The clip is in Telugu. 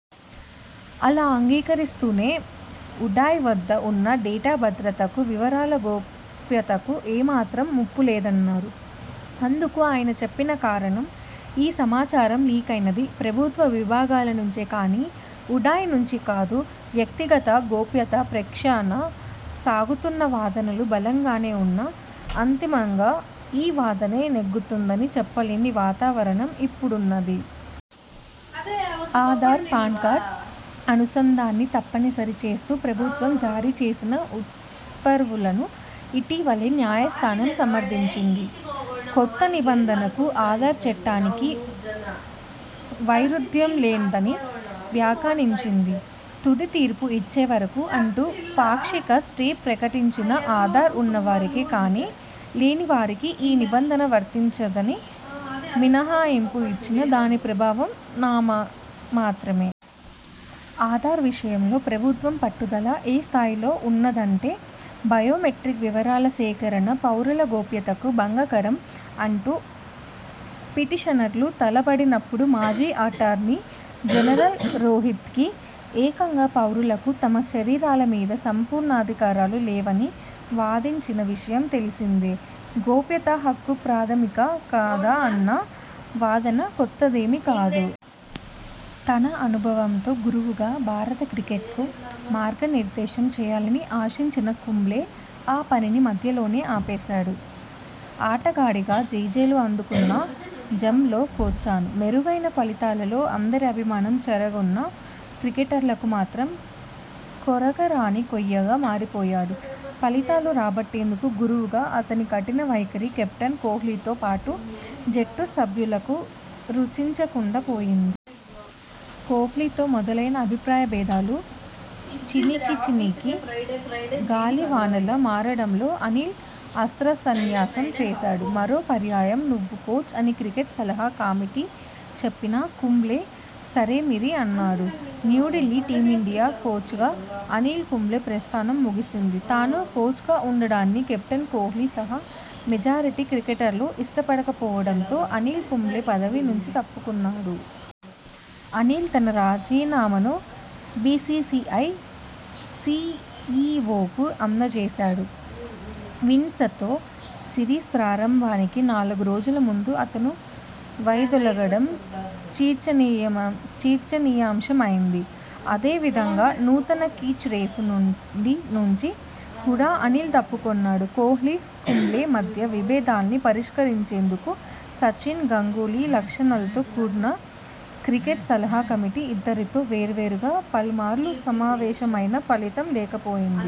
అలా, అంగీకరిస్తూనే ఉడాయ్ వద్ద ఉన్న డేటా భద్రతకు, వివరాల గోప్యతకు ఏమాత్రం ముప్పులేదన్నారు. అందుకు ఆయన చెప్పిన కారణం, ఈ సమాచారం లీకైనది ప్రభుత్వ విభాగాలనుంచే కానీ, ఉడాయ్ నుంచి కాదు. వ్యక్తిగత గోప్యత పక్షాన సాగుతున్న వాదనలు బలంగానే ఉన్నా, అంతిమంగా ఈ వాదనే నెగ్గుతుందని చెప్పలేని వాతావరణం ఇప్పుడున్నది. ఆధార్–పాన్కార్డు అనుసంధానాన్ని తప్పనిసరి చేస్తూ ప్రభుత్వం జారీ చేసిన ఉత్తర్వులను ఇటీవలే న్యాయస్థానం సమర్థించింది. కొత్త నిబంధనకు, ఆధార్ చట్టానికీ వైరుధ్యంలేదని వ్యాఖ్యానించింది. తుది తీర్పు ఇచ్చేవరకూ అంటూ పాక్షిక స్టే ప్రకటించినా, ఆధార్ ఉన్నవారికే కానీ, లేనివారికి ఈ నిబంధన వర్తించదని మినహాయింపు ఇచ్చినా దాని ప్రభావం నామమాత్రమే. ఆధార్ విషయంలో ప్రభుత్వం పట్టుదల ఏ స్థాయిలో ఉన్నదంటే, బయోమెట్రిక్ వివరాల సేకరణ పౌరుల గోప్యతకు భంగకరం అంటూ పిటిషనర్లు తలబడినప్పుడు మాజీ అటార్నీ జనరల్ రొహిత్గీ ఏకంగా పౌరులకు తమ శరీరాలమీద సంపూర్ణాధికారాలు లేవని వాదించిన విషయం తెలిసిందే. గోప్యత హక్కు ప్రాథమికమా కాదా అన్న వాదన కొత్తదేమీ కాదు. తన అనుభవంతో గురువుగా భారత క్రికెట్కు మార్గనిర్దేశం చేయాలని ఆశించిన కుంబ్లే ఆ పనిని మధ్యలోనే ఆపేశాడు! ఆటగాడిగా జేజేలు అందుకున్న జంబో కోచ్గానూ మెరుగైన ఫలితాలతో అందరి అభిమానం చూరగొన్నా క్రికెటర్లకు మాత్రం కొరకరాని కొయ్యగా మారిపోయాడు! ఫలితాలు రాబట్టేందుకు గురువుగా అతని కఠిన వైఖరి కెప్టెన్ కోహ్లీతో పాటు జట్టు సభ్యులకు రుచించకుండా పోయింది! కోహ్లీతో మొదలైన అభిప్రాయ భేదాలు చినికిచినికి గాలివానలా మారడంతో అనిల్ అస్త్రసన్యాసం చేశాడు. 'మరో పర్యాయం నువ్వే కోచ్' అని క్రికెట్ సలహా కమిటీ చెప్పినా కుంబ్లే ససేమిరా అన్నాడు. న్యూఢిల్లీ: టీమిండియా కోచ్గా అనిల్ కుంబ్లే ప్రస్థానం ముగిసింది. తాను కోచ్గా ఉండడాన్ని కెప్టెన్ కోహ్లీ సహా మెజారిటీ క్రికెటర్లు ఇష్టపడకపోవడంతో అనిల్ కుంబ్లే పదవి నుంచి తప్పుకున్నాడు. అనిల్ తన రాజీనామాను బీసీసీఐ సీఈవోకు అందజేశాడు. విండీ్సతో సిరీస్ ప్రారంభానికి నాలుగు రోజుల ముందు అతను వైదొలగడం చర్చనీయాంశమైంది. అదే విధంగా నూతన కోచ్ రేసు నుంచి కూడా అనిల్ తప్పుకొన్నాడు. కోహ్లీ-కుంబ్లే మధ్య విభేదాల్ని పరిష్కరించేం దుకు సచిన్, గంగూలీ, లక్ష్మణ్లతో కూడిన క్రికెట్ సలహా కమిటీ ఇద్దరితో వేర్వేరుగా పలుమార్లు సమావేశమైనా ఫలితం లేకపోయింది.